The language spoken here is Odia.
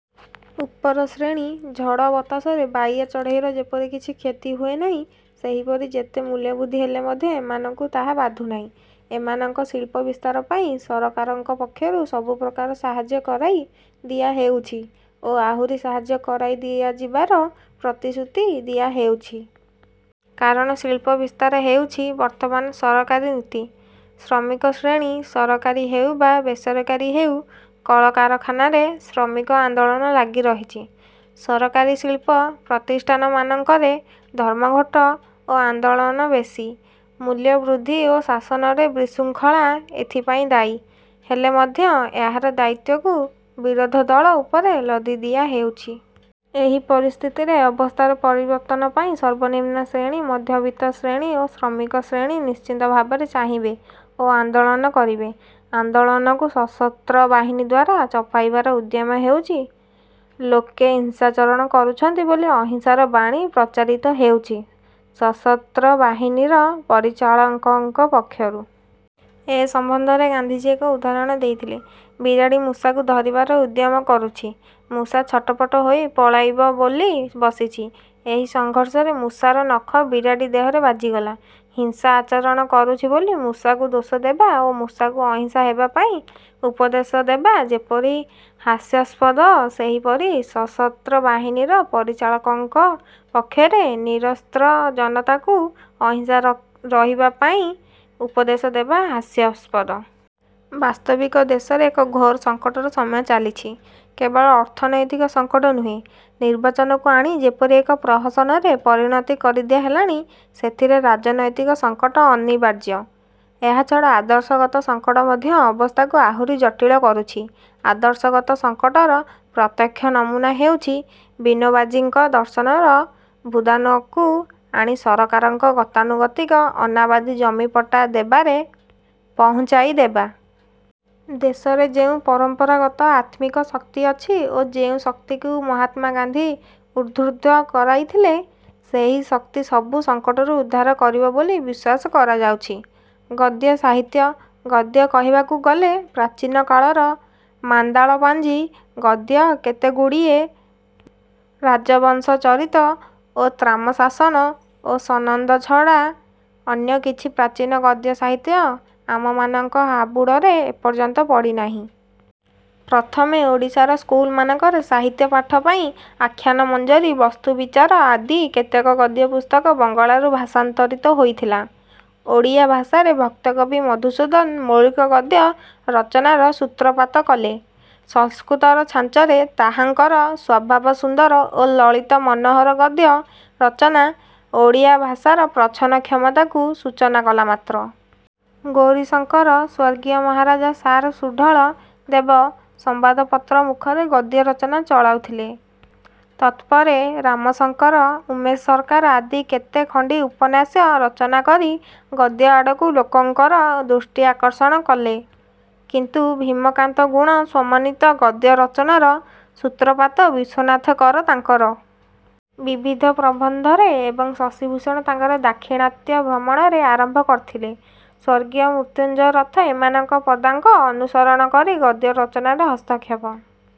ଉପର ଶ୍ରେଣୀ- ଝଡ଼ ବତାସରେ ବାୟା ଚଢ଼େଇର ଯେପରି କିଛି କ୍ଷତି ହୁଏନାହିଁ, ସେହିପରି ଯେତେ ମୂଲ୍ୟବୃଦ୍ଧି ହେଲେ ମଧ୍ୟ ଏମାନଙ୍କୁ ତାହା ବାଧୁନାହିଁ। ଏମାନଙ୍କ ଶିଳ୍ପ ବିସ୍ତାର ପାଇଁ, ସରକାରଙ୍କ ପକ୍ଷରୁ ସବୁପ୍ରକାର ସାହାଯ୍ୟ କରାଇ ଦିଆହେଉଛି ଓ ଆହୁରି ସାହାଯ୍ୟ କରାଇ ଦିଆଯିବାର ପ୍ରତିଶ୍ରୁତି ଦିଆହେଉଛି। କାରଣ ଶିଳ୍ପ ବିସ୍ତାର ହେଉଛି ବର୍ତ୍ତମାନ ସରକାରୀ ନୀତି। ଶ୍ରମିକ ଶ୍ରେଣୀ- ସରକାରୀ ହେଉ ବା ବେସରକାରୀ ହେଉ କଳକାରଖାନାରେ ଶ୍ରମିକ ଆନ୍ଦୋଳନ ଲାଗି ରହିଛି। ସରକାରୀ ଶିଳ୍ପ ପ୍ରତିଷ୍ଠାନମାନଙ୍କରେ ଧର୍ମଘଟ ଓ ଆନ୍ଦୋଳନ ବେଶି। ମୂଲ୍ୟ ବୃଦ୍ଧି ଓ ଶାସନରେ ବିଶୃଙ୍ଖଳା ଏଥିପାଇଁ ଦାୟୀ ହେଲେ ମଧ୍ୟ ଏହାର ଦାୟିତ୍ୱକୁ ବିରୋଧଦଳ ଉପରେ ଲଦି ଦିଆ ହେଉଛି। ଏହି ପରିସ୍ଥିତିରେ ଅବସ୍ଥାର ପରିବର୍ତ୍ତନ ପାଇଁ ସର୍ବନିମ୍ନ ଶ୍ରେଣୀ, ମଧ୍ୟବିତ୍ତ ଶ୍ରେଣୀ ଓ ଶ୍ରମିକ ଶ୍ରେଣୀ ନିଶ୍ଚିତ ଭାବରେ ଚାହିଁବେ ଓ ଆନ୍ଦୋଳନ କରିବେ। ଆନ୍ଦୋଳନକୁ ସଶସ୍ତ୍ର ବାହିନୀଦ୍ୱାରା ଚପାଇବାର ଉଦ୍ୟମ ହେଉଛି। ଲୋକେ ହିଂସାଚରଣ କରୁଛନ୍ତି ବୋଲି ଅହିଂସାର ବାଣୀ ପ୍ରଚାରିତ ହେଉଛି ସଶସ୍ତ୍ର ବାହିନୀର ପରିଚାଳକଙ୍କ ପକ୍ଷରୁ। ଏ ସମ୍ବନ୍ଧରେ ଗାନ୍ଧିଜୀ ଏକ ଉଦାହରଣ ଦେଇଥିଲେ। ବିରାଡ଼ି ମୂଷାକୁ ଧରିବାର ଉଦ୍ୟମ କରୁଚି। ମୂଷା ଛଟପଟ ହୋଇ ପଳାଇବ ବୋଲି ବସିଛି। ଏହି ସଂଘର୍ଷରେ ମୂଷାର ନଖ ବିରାଡ଼ି ଦେହରେ ବାଜିଗଲା। ହିଂସା ଆଚରଣ କରୁଚି ବୋଲି ମୂଷାକୁ ଦୋଷଦେବା ଓ ମୂଷାକୁ ଅହିଂସା ହେବା ପାଇଁ ଉପଦେଶ ଦେବା ଯେପରି ହାସ୍ୟାସ୍ପଦ ସେହିପରି ସଶସ୍ତ୍ର ବାହିନୀର ପରିଚାଳକଙ୍କ ପକ୍ଷରେ ନିରସ୍ତ୍ର ଜନତାକୁ ଅହିଂସା ରହିବା ପାଇଁ ଉପଦେଶ ଦେବା ହାସ୍ୟାସ୍ପଦ। ' ବାସ୍ତବିକ ଦେଶରେ ଏକ ଘୋର ସଂକଟର ସମୟ ଚାଲିଛି। କେବଳ ଅର୍ଥନୈତିକ ସଂକଟ ନୁହେଁ। ନିର୍ବାଚନକୁ ଆଣି ଯେପରି ଏକ ପ୍ରହସନରେ ପରିଣତି କରିଦିଆ ହେଲାଣି, ସେଥିରେ ରାଜନୈତିକ ସଂକଟ ଅନିବାର୍ଯ୍ୟ। ଏହାଛଡ଼ା ଆଦର୍ଶଗତ ସଂକଟ ମଧ୍ୟ ଅବସ୍ଥାକୁ ଆହୁରି ଜଟିଳ କରୁଛି। ଆଦର୍ଶଗତ ସଂକଟର ପ୍ରତ୍ୟକ୍ଷ ନମୁନା ହେଉଛି ବିନୋବାଜୀଙ୍କ ଦର୍ଶନର ଭୂଦାନକୁ ଆଣି ସରକାରଙ୍କ ଗତାନୁଗତିକ ଅନାବାଦୀ ଜମି ପଟ୍ଟା ଦେବାରେ ପହୁଞ୍ଚାଇଦେବା। ଦେଶରେ ଯେଉଁ ପରମ୍ପରାଗତ ଆତ୍ମିକ ଶକ୍ତି ଅଛି ଓ ଯେଉଁ ଶକ୍ତିକୁ ମହାତ୍ମାଗାନ୍ଧି ଉଦ୍ବୁଦ୍ଧ କରାଇଥିଲେ, ସେହି ଶକ୍ତି ସବୁ ସଙ୍କଟରୁ ଉଦ୍ଧାର କରିବ ବୋଲି ବିଶ୍ୱାସ କରାଯାଉଛି। ଗଦ୍ୟ ସାହିତ୍ୟ-ଗଦ୍ୟ କହିବାକୁ ଗଲେ, ପ୍ରାଚୀନ କାଳର ମାଦଳାପାଞ୍ଜି, ଗଦ୍ୟ କେତେଗୁଡ଼ିଏ ରାଜବଂଶଚରିତ ଓ ତାମ୍ରଶାସନ ଓ ସନନ୍ଦ ଛଡ଼ା ଅନ୍ୟ କିଛି ପ୍ରାଚୀନ ଗଦ୍ୟ ସାହିତ୍ୟ ଆମମାନଙ୍କ ହାବୁଡ଼ରେ ଏପର୍ଯ୍ୟନ୍ତ ପଡ଼ିନାହିଁ। ପ୍ରଥମେ ଓଡ଼ିଶାର ସ୍କୁଲମାନଙ୍କରେ ସାହିତ୍ୟ ପାଠ ପାଇଁ 'ଆଖ୍ୟାନମଞ୍ଜରୀ' 'ବସ୍ତୁବିଚାର' ଆଦି କେତେକ ଗଦ୍ୟ ପୁସ୍ତକ ବଙ୍ଗଳାରୁ ଭାଷାନ୍ତରିତ ହୋଇଥିଲା। ଓଡ଼ିଆ ଭାଷାରେ ଭକ୍ତକବି ମଧୁସୂଦନ ମୌଳିକ ଗଦ୍ୟ ରଚନାର ସୂତ୍ରପାତ କଲେ। ସଂସ୍କୃତର ଛାଞ୍ଚରେ ତାହାଙ୍କର ସ୍ୱଭାବ-ସୁନ୍ଦର ଓ ଲଳିତ ମନୋହର ଗଦ୍ୟ ରଚନା ଓଡ଼ିଆ ଭାଷାର ପ୍ରଚ୍ଛନ୍ନ କ୍ଷମତାକୁ ସୂଚନା କଲା ମାତ୍ର। ଗୌରୀଶଙ୍କର, ସ୍ୱର୍ଗୀୟ ମହାରାଜା ସାର୍ ସୁଢ଼ଳ ଦେବ, ସମ୍ୱାଦପତ୍ର ମୁଖରେ ଗଦ୍ୟ ରଚନା ଚଳାଉଥିଲେ। ତତ୍ପରେ ରାମଶଙ୍କର, ଉମେଶ ସରକାର ଆଦି କେତେ ଖଣ୍ଡି ଉପନ୍ୟାସ ରଚନାକରୀ ଗଦ୍ୟ ଆଡ଼କୁ ଲୋକଙ୍କର ଦୃଷ୍ଟିଆକର୍ଷଣ କଲେ, କିନ୍ତୁ ଭୀମ-କାନ୍ତ-ଗୁଣ-ସମନ୍ୱିତ ଗଦ୍ୟ ରଚନାର ସୂତ୍ରପାତ ବିଶ୍ୱନାଥ କର ତାଙ୍କର ବିବିଧ ପ୍ରବନ୍ଧରେ ଏବଂ ଶଶିଭୂଷଣ ତାଙ୍କର ଦାକ୍ଷିଣାତ୍ୟ ଭ୍ରମଣରେ ଆରମ୍ଭ କରିଥିଲେ; ସ୍ୱର୍ଗୀୟ ମୃତ୍ୟୁଞ୍ଜୟ ରଥ ଏମାନଙ୍କ ପଦାଙ୍କ ଅନୁସରଣ କରି ଗଦ୍ୟ ରଚନାରେ ହସ୍ତକ୍ଷେପ